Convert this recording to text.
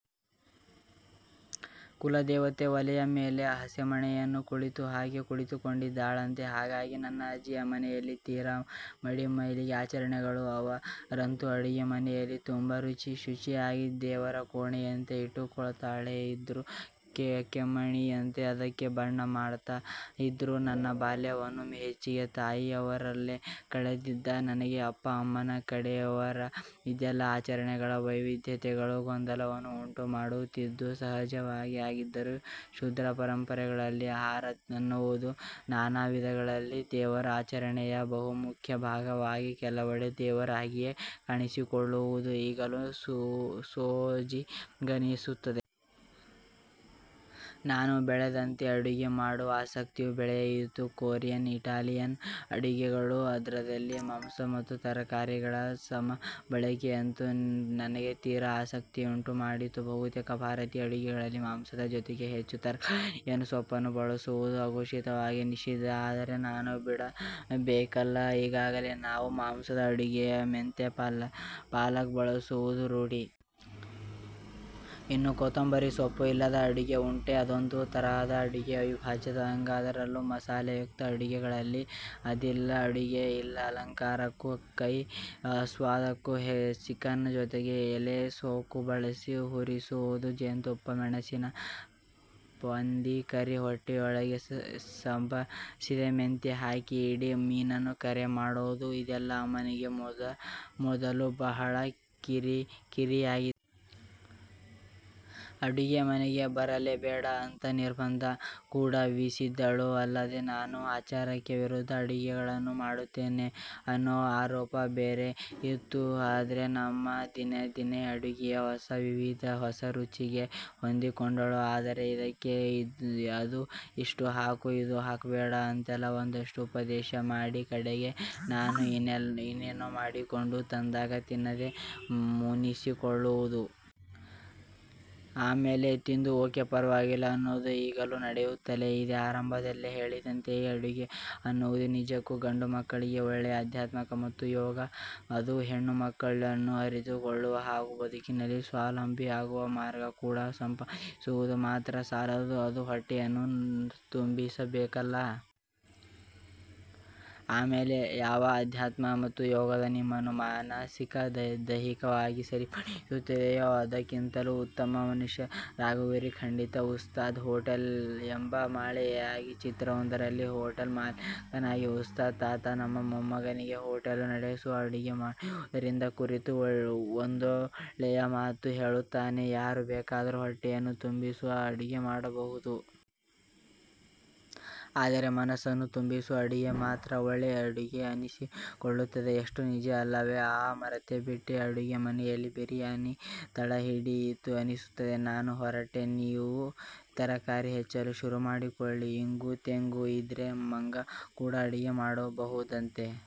ಕುಲದೇವತೆ ಒಲೆಯ ಮೇಲೆ ಹಸೆಮಣೆಯನ್ನು ಕುಳಿತು ಹಾಕಿ ಕುಳಿತುಕೊಂಡಿದ್ದಾಳಂತೆ. ಹಾಗಾಗಿ ನನ್ನ ಅಜ್ಜಿಯ ಮನೆಯಲ್ಲಿ ತೀರಾ ಮಡಿ-ಮೈಲಿಗೆ ಆಚಾರಗಳು. ಅವರಂತೂ ಅಡುಗೆ ಮನೆಯನ್ನು ತುಂಬಾ ಶುಚಿಯಾಗಿ ದೇವರ ಕೋಣೆಯಂತೆ ಇಟ್ಟುಕೊಳ್ತಾ ಇದ್ರು. ಕೆಮ್ಮಣ್ಣಿನಿಂದ ಅದಕ್ಕೆ ಬಣ್ಣ ಮಾಡ್ತಾ ಇದ್ರು. ನನ್ನ ಬಾಲ್ಯವನ್ನು ಹೆಚ್ಚಿಗೆ ತಾಯಿ ತವರಲ್ಲೇ ಕಳೆದಿದ್ದ ನನಗೆ ಅಪ್ಪ -ಅಮ್ಮನ ಕಡೆಯವರ ಇದೆಲ್ಲ ಆಚರಣೆಗಳ ವೈವಿಧ್ಯತೆಗಳು ಗೊಂದಲವನ್ನು ಉಂಟು ಮಾಡುತ್ತಿದ್ದುದು ಸಹಜವಾಗೇ ಆಗಿದ್ದರೂ ಶೂದ್ರ ಪರಂಪರೆಗಳಲ್ಲಿ ಆಹಾರ ಅನ್ನುವುದು ನಾನಾ ವಿಧಗಳಲ್ಲಿ ದೇವರ ಆಚರಣೆಯ ಬಹುಮುಖ್ಯ ಭಾಗವಾಗಿ ಕೆಲವೆಡೆ ದೇವರಾಗಿಯೇ ಕಾಣಿಸಿಕೊಳ್ಳುವುದು ಈಗಲೂ ಸೋಜಿಗವೆನಿಸುತ್ತದೆ. ನಾನು ಬೆಳೆದಂತೆ ಅಡುಗೆ ಮಾಡುವ ಆಸಕ್ತಿಯೂ ಬೆಳೆಯಿತು. ಕೊರಿಯನ್ ಇಟಾಲಿಯನ್ ಅಡುಗೆಗಳು ಅದ್ರಲ್ಲಿ ಮಾಂಸ ಮತ್ತು ತರಕಾರಿಗಳ ಸಮಬಳಕೆಯಂತೂ ನನಗೆ ತೀರ ಆಸಕ್ತಿಯನ್ನುಂಟು ಮಾಡಿತು. ಬಹುತೇಕ ಭಾರತೀಯ ಅಡುಗೆಗಳಲ್ಲಿ ಮಾಂಸದ ಜೊತೆಗೆ ಹೆಚ್ಚು ತರಕಾರಿಗಳನ್ನು-ಸೊಪ್ಪನ್ನು ಬಳಸುವುದು ಆಘೋಷಿತವಾಗಿ ನಿಷಿದ್ಧ. ಆದರೆ ನಾನು ಬಿಡಬೇಕಲ್ಲ ಈಗಾಗಲೇ ನಾವು ಮಾಸದ ಅಡುಗೆಗೆ ಮೆಂತ್ಯೆ ಪಾಲಕ್ ಬಳಸುವುದು ರೂಢಿ. ಇನ್ನೂ ಕೊತ್ತಂಬರಿ ಸೊಪ್ಪು ಇಲ್ಲದ ಅಡುಗೆ ಉಂಟೆ? ಅದೊಂದು ತರಹದ ಅಡುಗೆಯ ಅವಿಭಾಜ್ಯದ ಅಂಗ. ಅದರಲ್ಲೂ ಮಸಾಲೆಯುಕ್ತ ಅಡುಗೆಗಳಲ್ಲಿ ಅದಿಲ್ಲದ ಅಡುಗೆಯಿಲ್ಲ. ಅಲಂಕಾರಕ್ಕೂ ಸೈ ಆಸ್ವಾದಕ್ಕೂ ಸೈ. ಚಿಕನ್ ಜೊತೆಗೆ ಎಲೆಕೋಸು ಬಳಸಿ ಹುರಿಯುವುದು, ಜೇನುತುಪ್ಪ ಮೆಣಸಿನ ಪಂದಿಕರಿ, ಹೊಟ್ಟೆಯೊಳಗೆ ಸಬ್ಬಸಿಗೆ ಮೆಂತ್ಯೆ ಹಾಕಿ ಇಡೀ ಮೀನನ್ನ ಕರೆ ಮಾಡೋದು ಇದೆಲ್ಲಾ ಅಮ್ಮನಿಗೆ ಮೊದಮೊದಲು ಬಹಳ ಕಿರಿಕಿರಿಯಾಗಿತ್ತು. ಅಡುಗೆ ಮನೆಗೆ ಬರಲೇ ಬೇಡ ಅಂತ ನಿರ್ಬಂಧ ಕೂಡ ವಿಸಿದ್ದಳು ಅಲ್ಲದೇ ನಾನು ಆಚಾರಕ್ಕೆ ವಿರುದ್ಧ ಅಡುಗೆಗಳನ್ನು ಮಾಡ್ತೀನಿ ಅನ್ನೋ ಆರೋಪ ಬೇರೆ ಇತ್ತು. ಆದ್ರೆ ಅಮ್ಮ ದಿನೇ ದಿನೇ ಅಡುಗೆಯ ಹೊಸ ವಿಧಕ್ಕೆ ಹೊಸರುಚಿಗೆ ಹೊಂದಿಕೊಂಡಳು. ಆದರೆ ಇದಕ್ಕೆ ಅದು ಇಷ್ಟು ಹಾಕು. ಇದು ಹಾಕಬೇಡ ಅಂತೆಲ್ಲಾ ಒಂದಷ್ಟು ಉಪದೇಶ ಮಾಡಿ ಕಡೆಗೆ ನಾನು ಇನ್ನೇನೋ ಮಾಡಿಕೊಂಡು ತಂದಾಗ ತಿನ್ನದೇ ಮುನಿಸಿಕೊಳ್ಳುವುದು. ಆಮೇಲೆ ತಿಂದು ಓಕೆ ಪರ್ವಾಗಿಲ್ಲ ಅನ್ನೋದು ಈಗಲೂ ನಡೆಯುತ್ತಲೇ ಇದೆ. ಆರಂಭದಲ್ಲೇ ಹೇಳಿದಂತೆ ಈ ಅಡುಗೆ ಅನ್ನುವುದು ನಿಜಕ್ಕೂ ಗಂಡು ಮಕ್ಕಳಿಗೆ ಒಳ್ಳೆಯ ಅಧ್ಯಾತ್ಮ ಮತ್ತು ಯೋಗ. ಅದು ಹೆಣ್ಣು ಮಕ್ಕಳನ್ನು ಅರಿತುಕೊಳ್ಳುವ ಹಾಗೂ ಬದುಕಿನಲ್ಲಿ ಸ್ವಾವಲಂಬಿ ಆಗುವ ಮಾರ್ಗ ಕೂಡ. ಸಂಪಾದಿಸುವುದು ಮಾತ್ರ ಸಾಲದು ಅದು ಹೊಟ್ಟೆಯನ್ನು ತುಂಬಿಸಬೇಕಲ್ಲ. ಆಮೇಲೆ ಯಾವ ಅಧ್ಯಾತ್ಮ ಮತ್ತು ಯೋಗ ನಿಮ್ಮನ್ನು ಮಾನಸಿಕ-ದೈಹಿಕವಾಗಿ ಸರಿಪಡಿಸಬಹುದಿತ್ತೋ ಅದಕ್ಕಿಂತಲೂ ಉತ್ತಮ ಮನುಷ್ಯರಾಗುವಿರಿ.. ಖಂಡಿತ. 'ಉಸ್ತಾದ್ ಹೊಟೇಲ್' ಎಂಬ ಮಲೆಯಾಳಿ ಚಿತ್ರವೊಂದರಲ್ಲಿ ಹೊಟೇಲ್ ಮಾಲಕನಾದ ಉಸ್ತಾದ್ ತಾತ ತಮ್ಮ ಮೊಮ್ಮಗನಿಗೆ ಹೊಟೇಲು ನಡೆಸುವ ಅಡುಗೆ ಮಾಡುವುದರ ಕುರಿತು ಒಂದೊಳ್ಳೆಯ ಮಾತು ಹೇಳುತ್ತಾನೆ 'ಯಾರು ಬೇಕಾದರೂ ಹೊಟ್ಟೆಯನ್ನು ತುಂಬಿಸುವ ಅಡುಗೆ ಮಾಡಬಹುದು. ಆದರೆ ಮನಸ್ಸನ್ನೂ ತುಂಬಿಸುವ ಅಡುಗೆ ಮಾತ್ರ ಒಳ್ಳೆಯ ಅಡುಗೆ ಅನಿಸಿಕೊಳ್ಳುತ್ತದೆ'. ಎಷ್ಟು ನಿಜ ಅಲ್ಲವೇ. ಹಾ ಮರತೇ ಬಿಟ್ಟೆ ಅಡುಗೆ ಮನೆಯಲ್ಲಿ ಬಿರಿಯಾನಿ ತಳ ಹಿಡಿಯಿತು ಅನಿಸುತ್ತೆ. ನಾನು ಹೊರಟೆ. ನೀವು ತರಕಾರಿ ಹಚ್ಚಲು ಶುರುಮಾಡಿಕೊಳ್ಳಿ. ಇಂಗು-ತೆಂಗು ಇದ್ರೆ ಮಂಗ ಕೂಡ ಅಡುಗೆ ಮಾಡಬಹುದಂತೆ.